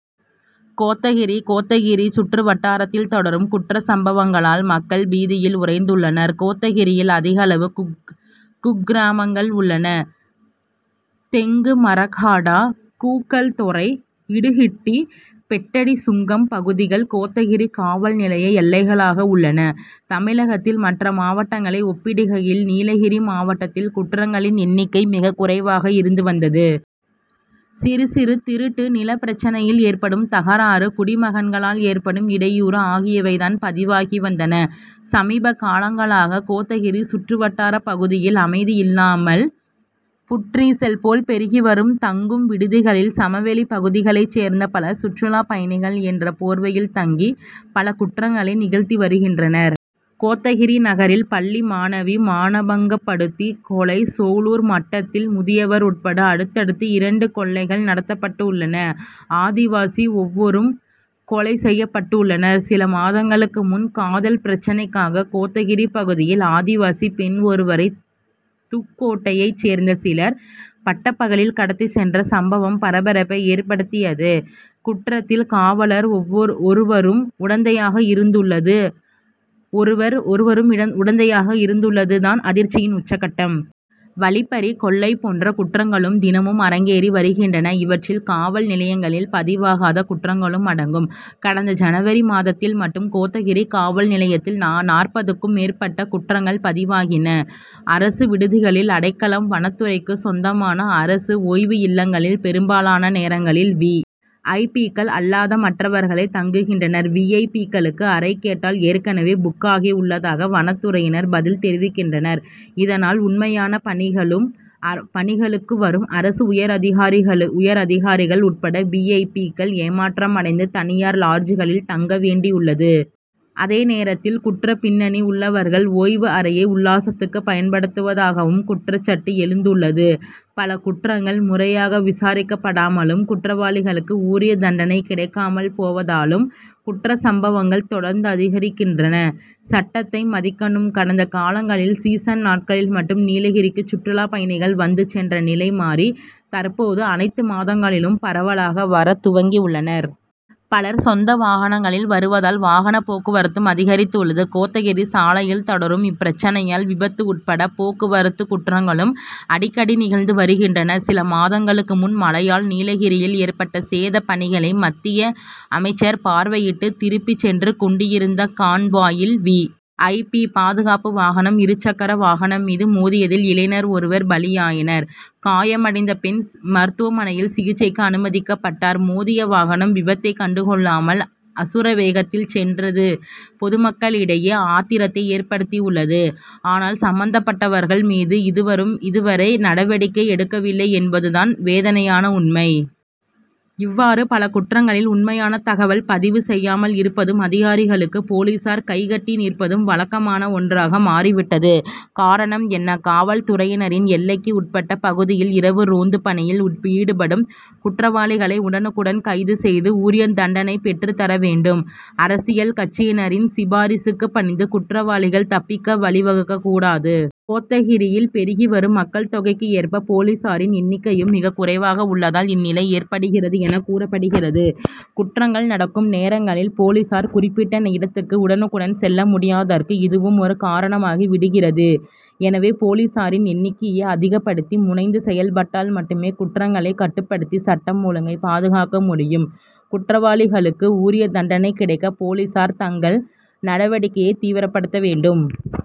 கோத்தகிரி கோத்தகிரி சுற்றுவட்டாரத்தில் தொடரும் குற்றச் சம்பவங்களால், மக்கள் பீதியில் உறைந்துள்ளனர். கோத்தகிரியில் அதிகளவு குக்கிராமங்கள் உள்ளன. தெங்குமரஹாடா, கூக்கல்தொரை, இடுஹட்டி, பெட்டட்டி சுங்கம் பகுதிகள், கோத்தகிரி காவல் நிலைய எல்லைகளாக உள்ளன. தமிழகத்தின் மற்ற மாவட்டங்களை ஒப்பிடுகையில், நீலகிரி மாவட்டத்தில் குற்றங்களின் எண்ணிக்கை மிகவும் குறைவாக இருந்து வந்தது. சிறு, சிறு திருட்டு, நிலப் பிரச்னையில் ஏற்படும் தகராறு, குடிமகன்களால் ஏற்படும் இடையூறு ஆகியவை தான் பதிவாகி வந்தன. சமீப காலங்களாக, கோத்தகிரி சுற்றுவட்டாரப் பகுதிகளில், அனுமதி இல்லாமல் புற்றீசல் போல் பெருகி வரும் தங்கும் விடுதிகளில், சமவெளிப் பகுதிகளை சேர்ந்த பலர், சுற்றுலாப் பயணிகள் என்ற போர்வையில் தங்கி, பல குற்றங்களை நிகழ்த்தி வருகின்றனர். கோத்தகிரி நகரில், பள்ளி மாணவி மானபங்கப்படுத்தி கொலை, சோலூர் மட்டத்தில் முதியவர் உட்பட அடுத்தடுத்து இரண்டு கொலைகள் நடத்தப்பட்டுள்ளன; ஆதிவாசி ஒருவரும் கொலை செய்யப்பட்டுள்ளார். சில மாதங்களுக்கு முன், காதல் பிரச்னைக்காக, கோத்தகிரி பகுதியில் ஆதிவாசி பெண் ஒருவரை, துக்கோட்டையை சேர்ந்த சிலர், பட்டப்பகலில் கடத்திச் சென்ற சம்பவம் பரபரப்பை ஏற்படுத்தியது; குற்றத்தில், காவலர் ஒருவரும் உடந்தையாக இருந்துள்ளது தான் அதிர்ச்சியின் உச்சகட்டம். வழிப்பறி, கொள்ளை போன்ற குற்றங்களும் தினமும் அரங்கேறி வருகின்றன; இவற்றில், காவல் நிலையங்களில் பதிவாகாத குற்றங்களும் அடங்கும். கடந்த ஜனவரி மாதத்தில் மட்டும் கோத்தகிரி காவல் நிலையத்தில் நாற்பதுக்கும் மேற்பட்ட குற்றங்கள் பதிவாகின. அரசு விடுதிகளில் அடைக்கலம் வனத்துறைக்கு சொந்தமான அரசு ஓய்வு இல்லங்களில், பெரும்பாலான நேரங்களில் வி. ஐ. பி.,க்கள் அல்லாத மற்றவர்களே தங்குகின்றனர். வி. ஐ. பி.,களுக்கு அறை கேட்டால், ஏற்கனவே புக் ஆகி உள்ளதாக, வனத்துறையினர் பதில் தெரிவிக்கின்றனர். இதனால், உண்மையான பணிகளுக்கு வரும் அரசு உயரதிகாரிகள் உட்பட வி. ஐ. பி.,க்கள் ஏமாற்றமடைந்து, தனியார் லாட்ஜ் களில் தங்க வேண்டியுள்ளது. அதே நேரத்தில், குற்றப் பின்னணி உள்ளவர்கள், ஓய்வு அறையை உல்லாசத்துக்கு பயன்படுத்துவதாகவும் குற்றச்ட்டு எழுந்துள்ளது. பல குற்றங்கள் முறையாக விசாரிக்கப்படாமலும், குற்றவாளிகளுக்கு உரிய தண்டனை கிடைக்காமல் போவதாலும், குற்றச்சம்பவங்கள் தொடர்ந்து அதிகரிக்கின்றன. சட்டத்தை மதிக்கணும் கடந்த காலங்களில், சீசன் நாட்களில் மட்டும் நீலகிரிக்கு சுற்றுலாப் பயணிகள் வந்துச் சென்ற நிலை மாறி, தற்போது, அனைத்து மாதங்களிலும் பரவலாக வரத் துவங்கியுள்ளனர். பலர், சொந்த வாகனங்களில் வருவதால், வாகனப் போக்குவரத்தும் அதிகரித்துள்ளது. கோத்தகிரி சாலையில் தொடரும் இப்பிரச்னையால், விபத்து உட்பட போக்குவரத்து குற்றங்களும் அடிக்கடி நிகழ்ந்து வருகின்றன. சில மாதங்களுக்கு முன், மழையால் நீலகிரியில் ஏற்பட்ட சேதப் பணிகளை மத்திய அமைச்சர் பார்வையிட்டு திரும்பி சென்றுக் கொண்டிருந்த கான்வாயில், வி. ஐ. பி., பாதுகாப்பு வாகனம் இருசக்கர வாகனம் மீது மோதியதில், இளைஞர் ஒருவர் பலியானார். காயமடைந்த பெண், மருத்துவமனையில் சிகிச்சைக்கு அனுமதிக்கப்பட்டார். மோதிய வாகனம், விபத்தை கண்டுகொள்ளாமல், அசுரவேகத்தில் சென்றது பொதுமக்களிடையே ஆத்திரத்தை ஏற்படுத்தியுள்ளது. ஆனால், சம்பந்தப்பட்டவர்கள் மீது இதுவரை நடவடிக்கை எடுக்கவில்லை என்பது தான் வேதனையான உண்மை. இவ்வாறு, பல குற்றங்களில் உண்மையான தகவல் பதிவு செய்யாமல் இருப்பதும், அதிகாரிகளுக்கு, போலீசார் கைகட்டி நிற்பதும், வழக்கமான ஒன்றாக மாறி விட்டது. காரணம் என்ன? காவல் துறையினரின் எல்லைக்கு உட்பட்ட பகுதிகளில், இரவு ரோந்துப் பணியில் ஈடுபட்டு, குற்றவாளிகளை உடனுக்குடன் கைது செய்து உரிய தண்டனை பெற்றுத் தர வேண்டும்; அரசியல் கட்சியினரின் சிபாரிசுக்கு பணிந்து, குற்றவாளிகள் தப்பிக்க வழிவகுக்கக் கூடாது. கோத்தகிரியில் பெருகி வரும் மக்கள் தொகைக்கு ஏற்ப, போலீசாரின் எண்ணிக்கையும் மிகக் குறைவாக உள்ளதால் இந்நிலை ஏற்படுகிறது என கூறப்படுகிறது. குற்றங்கள் நடக்கும் நேரங்களில், போலீசார் குறிப்பிட்ட இடத்துக்கு உடனுக்குடன் செல்ல முடியாததற்கு இதுவும் ஒரு காரணமாகி விடுகிறது. எனவே, போலீசாரின் எண்ணிக்கையை அதிகப்படுத்தி, முனைந்து செயல்பட்டால் மட்டுமே, குற்றங்களை கட்டுப்படுத்தி சட்டம் ஒழுங்கை பாதுகாக்க முடியும்; குற்றவாளிகளுக்கு உரிய தண்டனை கிடைக்க, போலீசார் தங்களது நடவடிக்கையை தீவிரப்படுத்த வேண்டும்.